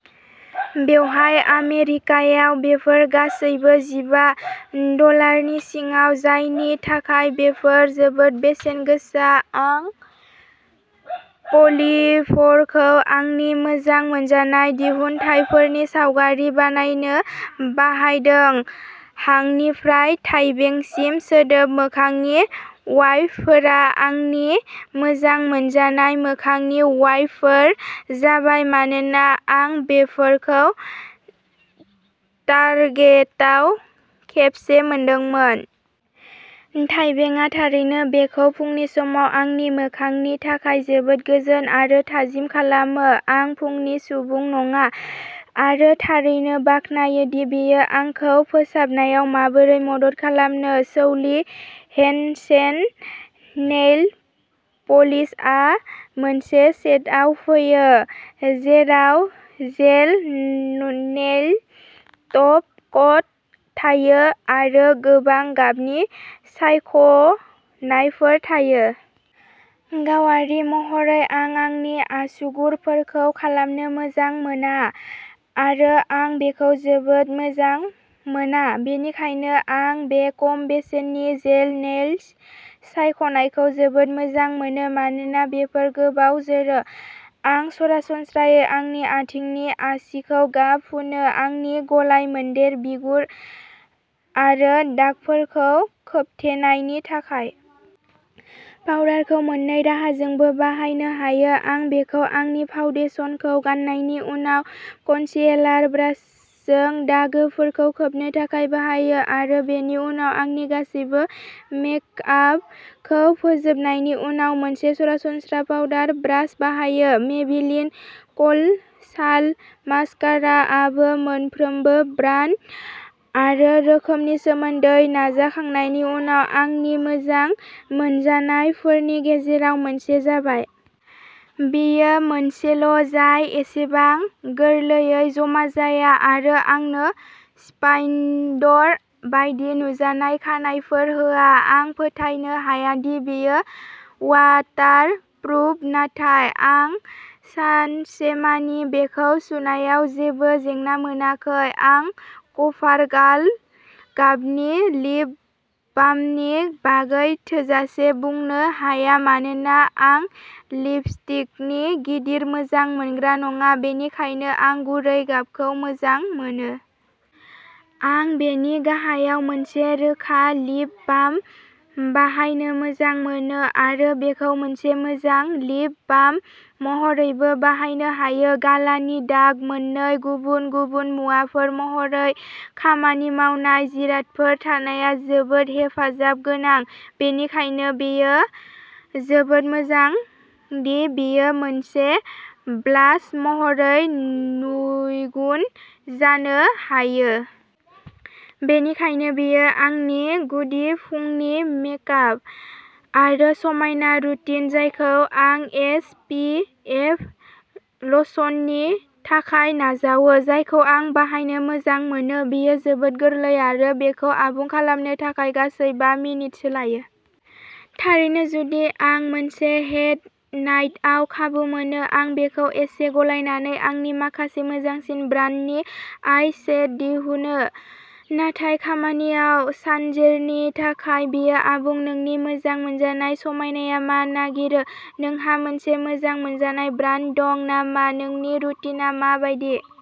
बेवहाय आमेरिकायाव बेफोर गासैबो जिबा डलारनि सिङाव, जायनि थाखाय बेफोर जोबोद बेसेनगोसा। आं पलिभ'रखौ आंनि मोजां मोनजानाय दिहुनथायफोरनि सावगारि बानायनो बाहायदों! हांनिफ्राय थाइबेंसिम सोदोब मोखांनि वाइपफोरा आंनि मोजां मोनजानाय मोखांनि वाइपफोर जाबाय, मानोना आं बेफोरखौ टार्गेताव खेबसे मोनदोंमोन। थाइबेंआ थारैनो बेखौ फुंनि समाव आंनि मोखांनि थाखाय जोबोद गोजोन आरो थाजिम खालामो। आं फुंनि सुबुं नङा आरो थारैनो बाख्नायो दि बेयो आंखौ फोसाबनायाव माबोरै मदद खालामनो। सौलि हेन्सेन नेइल पलिशआ मोनसे सेटआव फैयो, जेराव जेल नेइल टप कट थायो आरो गोबां गाबनि सायख'नायफोर थायो। गावारि महरै आं आंनि आसुगुरफोरखौ खालामनो मोजां मोना आरो आं बेखौ जोबोद मोजां मोना, बेनिखायनो आं बे खम बेसेननि जेल नेइल सायख'नायखौ जोबोद मोजां मोनो, मानोना बेफोर गोबाव जोरो। आं सरासनस्रायै आंनि आथिंनि आसिखौ गाब फुनो आंनि गलायमोन्देर बिगुर आरो दागफोरखौ खोबथेनायनि थाखाय। पाउडारखौ मोननै राहाजोंबो बाहायनो हायो। आं बेखौ आंनि फाउडेसनखौ गाननायनि उनाव कन्सिएलार ब्रासजों दागोफोरखौ खोबनो थाखाय बाहायो आरो बेनि उनाव आंनि गासैबो मेकआपखौ फोजोबनायनि उनाव मोनसे सरासनस्रा पाउडार ब्रास बाहायो। मेबेलिन कल साल मास्काराआबो मोनफ्रोमबो ब्रान्ड आरो रोखोमनि सोमोन्दै नाजाखांनायनि उनाव आंनि मोजां मोनजानायफोरनि गेजेराव मोनसे जाबाय। बेयो मोनसेल' जाय एसेबां गोरलैयै जमा जाया आरो आंनो स्पाइन्डर बायदि नुजानाय खानाइफोर होआ। आं फोथायनो हाया दि बेयो वाटार प्रुफ नाथाय आं सानसेमानि बेखौ सुनायाव जेबो जेंना मोनाखै। आं कभारगार्ल गाबनि लिप बामनि बागै थोजासे बुंनो हाया मानोना आं लिपस्टिकनि गिदिर मोजां मोनग्रा नङा, बेनिखायनो आं गुरै गाबखौ मोजां मोनो। आं बेनि गाहायाव मोनसे रोखा लिप बाम बाहायनो मोजां मोनो आरो बेखौ मोनसे मोजां लिप बाम महरैबो बाहायनो हायो। गालानि दाग। मोननै गुबुन-गुबुन मुवाफोर महरै खामानि मावनाय जिरादफोर थानाया जोबोद हेफाजाब गोनां, बेनिखायनो बेयो जोबोद मोजां दि बेयो मोनसे ब्लास महरै नैगुन जानो हायो। बेनिखायनो बेयो आंनि गुदि फुंनि मेकआप आरो समायना रुटिन, जायखौ आं एस. पि. एफ. लशननि थाखाय नाजावो, जायखौ आं बाहायनो मोजां मोनो। बेयो जोबोद गोरलै आरो बेखौ आबुं खालामनो थाखाय गासै बा मिनिटसो लायो। थारैनो जुदि आं मोनसे हेट नाइटआव खाबु मोनो, आं बेखौ एसे गलायनानै आंनि माखासे मोजांसिन ब्रान्डनि आइ शेड दिहुनो, नाथाय खामानियाव सानजेरनि थाखाय बेयो आबुं। नोंनि मोजां मोनजानाय समायनाया मा नागिरो? नोंहा मोनसे मोजां मोनजानाय ब्रान्ड दं नामा? नोंनि रुटिनआ मा बायदि?